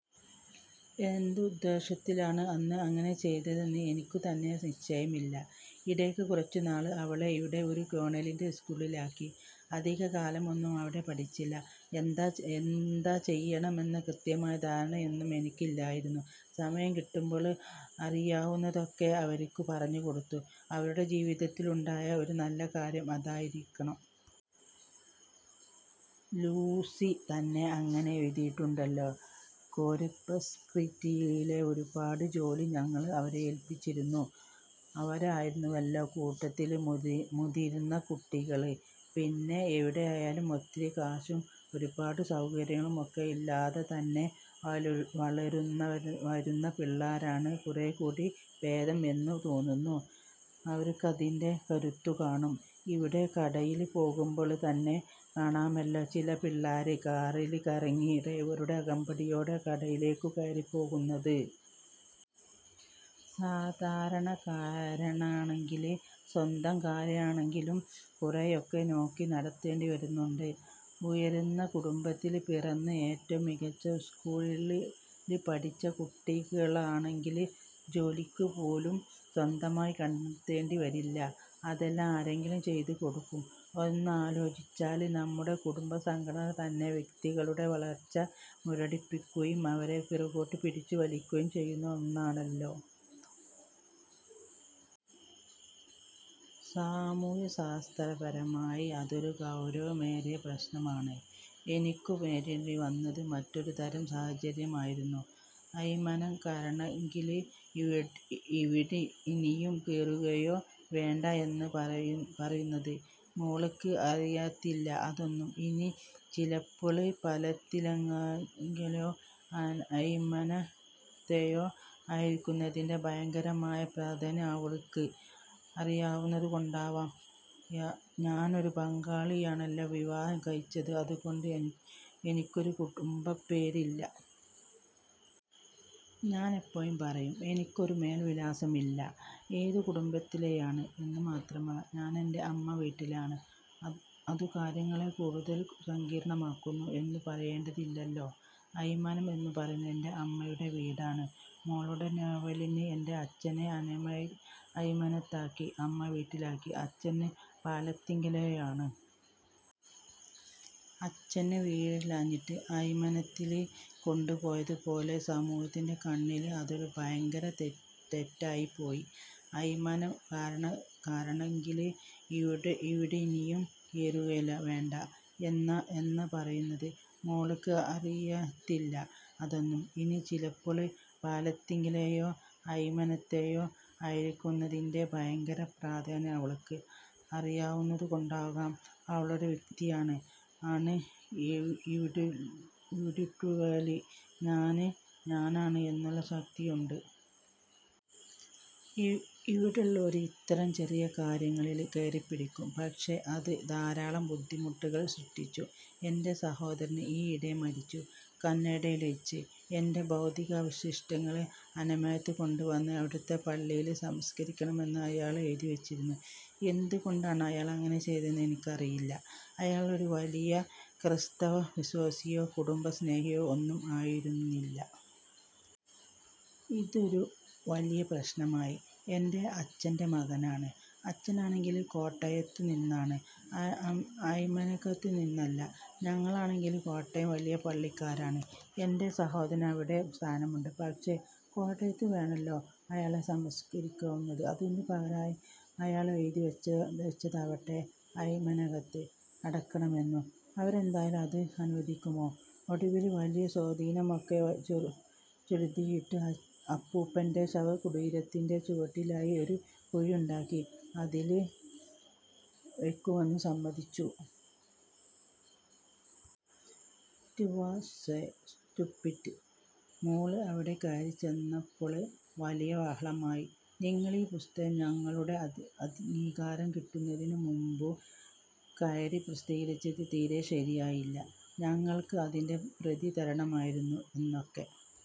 എന്തുദ്ദേശത്തിലാണ് അന്ന് അങ്ങനെ ചെയ്തതെന്ന് എനിക്കുതന്നെ നിശ്ചയമില്ല. ഇടയ്ക്ക് കുറച്ചുനാള് അവളെ ഇവിടെ ഒരു കോണ്വെന്റ് സ്കൂളിലാക്കി. അധികകാലമൊന്നും അവിടെ പഠിച്ചില്ല. എന്താ ചെയ്യേണ്ടതെന്ന കൃത്യമായ ധാരണയൊന്നും എനിക്കും ഇല്ലായിരുന്നു. സമയം കിട്ടുമ്പോള് അറിയാവുന്നതൊക്കെ അവര്ക്കു പറഞ്ഞുകൊടുത്തു. അവരുടെ ജീവിതത്തിലുണ്ടായ ഒരു നല്ല കാര്യം അതായിരുന്നിരിക്കണം. സൂസി തന്നെ അങ്ങനെ എഴുതിയിട്ടുണ്ടല്ലോ. കോര്പ്പസ്ക്രിസ്റ്റിയിലെ ഒരുപാട് ജോലി ഞങ്ങള് അവരെ ഏല്പിച്ചിരുന്നു. അവരായിരുന്നുവല്ലോ കൂട്ടത്തില് മുതിര്ന്ന കുട്ടികള്. പിന്നെ എവിടെയായാലും ഒത്തിരി കാശും ഒരുപാട് സൗകര്യങ്ങളും ഒക്കെ ഇല്ലാതെ തന്നെ വളര്ന്നുവരുന്ന പിള്ളേരാണ് കുറേക്കൂടി ഭേദം എന്നു തോന്നുന്നു. അവര്ക്കതിന്റെ കരുത്ത് കാണും. ഇവിടെ കടയില് പോകുമ്പോള് തന്നെ കാണാമല്ലോ ചില പിള്ളേര് കാറില് വന്നിറങ്ങി ഡ്രൈവറുടെ അകമ്പടിയോടെ കടയിലേക്കു കയറിപ്പോകുന്നത്. സാധാരണക്കാര്ക്കാണെങ്കില് സ്വന്തം കാര്യങ്ങളെങ്കിലും കുറേയൊക്കെ നോക്കി നടത്തേണ്ടിവരുന്നുണ്ട്. 'ഉയര്ന്ന' കുടുംബത്തില് പിറന്ന് ഏറ്റവും മികച്ച സ്കൂളുകളില് പഠിച്ച കുട്ടികള്ക്കാണെങ്കില് ജോലിപോലും സ്വന്തമായി കണ്ടെത്തേണ്ടി വരുന്നില്ല. അതെല്ലാം ആരെങ്കിലും ചെയ്തുകൊടുക്കും. ഒന്നാലോചിച്ചാല്, നമ്മുടെ കുടുംബഘടന തന്നെ വ്യക്തികളുടെ വളര്ച്ച മുരടിപ്പിക്കുകയും അവരെ പിറകോട്ടു പിടിച്ചു വലിക്കുകയും ചെയ്യുന്ന ഒന്നല്ലേ? സാമൂഹ്യശാസ്ത്രപരമായി അതൊരു ഗൗരവമേറിയ പ്രശ്നമാണ്. എനിക്കു നേരിടേണ്ടിവന്നത് മറ്റൊരുതരം സാഹചര്യമായിരുന്നു. 'അയ്മനം'കാരാണെങ്കില് ''ഇവിടിനിയും കേറുകയേ വേണ്ട'' എന്നാ പറയുന്നത്. മോള്ക്ക് അറിയത്തില്ല അതൊന്നും. ഇനി ചിലപ്പോള് 'പാലത്തിങ്കലെ'യോ 'അയ്മന'ത്തെയോ ആയിരിക്കുന്നതിന്റെ 'ഭയങ്കരമായ' പ്രാധാന്യം അവള്ക്ക് അറിയാവുന്നതുകൊണ്ടുമാവാം ഞാനൊരു ബംഗാളിയെയാണല്ലോ വിവാഹം കഴിച്ചത്. അതുകൊണ്ട് എനിക്കൊരു കുടംബപ്പേര് ഇല്ല. ഞാനെപ്പോഴും പറയും ''എനിക്കൊരു മേല്വിലാസം ഇല്ല. '' ഏതു കുടുംബത്തിലേയാണ്? എന്നു മാത്രമല്ല, ഞാനെന്റെ അമ്മ വീട്ടിലാണ്. അതു കാര്യങ്ങളെ കൂടുതല് സങ്കീര്ണ്ണമാക്കുന്നു എന്നു പറയേണ്ടതില്ലല്ലോ. 'അയ്മനം' എന്നു പറയുന്നത് എന്റെ അമ്മയുടെ വീടാണ്. മോളുടെ നോവലില് എന്റെ അച്ഛനെ അയ്മനത്താക്കി അമ്മവീട്ടിലാക്കി. അച്ഛന് പാലത്തിങ്കലേയാണ്. അച്ഛനു വീടില്ലാഞ്ഞിട്ട് അയ്മനത്തില് കൊണ്ടുപോയതുപോലെ. സമൂഹത്തിന്റെ കണ്ണില് അതൊരു ഭയങ്കര തെറ്റായിപ്പോയി. 'അയ്മനം'കാരാണെങ്കില് ''ഇവിടിനിയും കേറുകയേ വേണ്ട'' എന്നാ പറയുന്നത്. മോള്ക്ക് അറിയത്തില്ല അതൊന്നും. ഇനി ചിലപ്പോള് 'പാലത്തിങ്കലെ'യോ 'അയ്മന'ത്തെയോ ആയിരിക്കുന്നതിന്റെ 'ഭയങ്കരമായ' പ്രാധാന്യം അവള്ക്ക് അറിയാവുന്നതുകൊണ്ടുമാവാം. അവളൊരു വ്യക്തിയാണ്, ആന് ഇന്ഡിവിഡുവല്. ഞാന് ഞാനാണ് എന്നുള്ള ശക്തിയുണ്ട്. ഇവിടെയുള്ളവര് ഇത്തരം ചെറിയ കാര്യങ്ങളില് കയറിപ്പിടിക്കും. പക്ഷേ, അത് ധാരാളം ബുദ്ധിമുട്ടുകള് സൃഷ്ടിച്ചു. എന്റെ സഹോദരന് ഈയിടെ മരിച്ചു. കാനഡയില്വെച്ച്. 'എന്റെ ഭൗതികാവശിഷ്ടങ്ങള് അയ്മനത്തുകൊണ്ടുവന്ന് അവിടുത്തെ പള്ളിയില് സംസ്കരിക്കണമെന്ന്' അയാള് എഴുതിവെച്ചിരുന്നു. എന്തുകൊണ്ടാണയാളങ്ങനെ ചെയ്തതെന്ന് എനിക്കറിയില്ല. അയാളൊരു വലിയ ക്രൈസ്തവ വിശ്വാസിയോ 'കുടുംബ സ്നേഹിയോ' ഒന്നും ആയിരുന്നില്ല. ഇതൊരു വലിയ പ്രശ്നമായി. എന്റെ അച്ഛന്റെ മകനല്ലേ? അച്ഛനാണെങ്കില് കോട്ടയത്തു നിന്നാണ്, അയ്മനത്തൂന്നല്ല. ഞങ്ങളാണെങ്കില് കോട്ടയം വലിയ പള്ളിക്കാരാണ്. എന്റെ സഹോദരന് അവിടെ സ്ഥാനമുണ്ട്. പക്ഷേ, കോട്ടയത്തു വേണല്ലോ അയാളെ സംസ്കരിക്കുവാന്. അതിനു പകരം അയാളെഴുതി വെച്ചതാവട്ടെ അയ്മനത്ത് അടക്കണമെന്നും! അവരെന്തായാലും അത് അനുവദിക്കുമോ? ഒടുവില് വലിയ സ്വാധീനമൊക്കെ ചെലുത്തിയിട്ട് അപ്പൂപ്പന്റെ ശവകുടീരത്തിന്റെ ചുവട്ടിലായി ഒരു കുഴിയുണ്ടാക്കി അതില് വെക്കുവാന് സമ്മതിച്ചു. It was so stupid. മോള് അവിടെ കയറിച്ചെന്നപ്പോള് വലിയ ബഹളമായി. ''നിങ്ങളീ പുസ്തകം ഞങ്ങളുടെ അംഗീകാരം കിട്ടുന്നതിനു മുന്പു കയറി പ്രസിദ്ധീകരിച്ചത് തീരെ ശരിയായില്ല. ഞങ്ങള്ക്ക് അതിന്റെ പ്രതി തരണമായിരുന്നു''- എന്നൊക്കെ.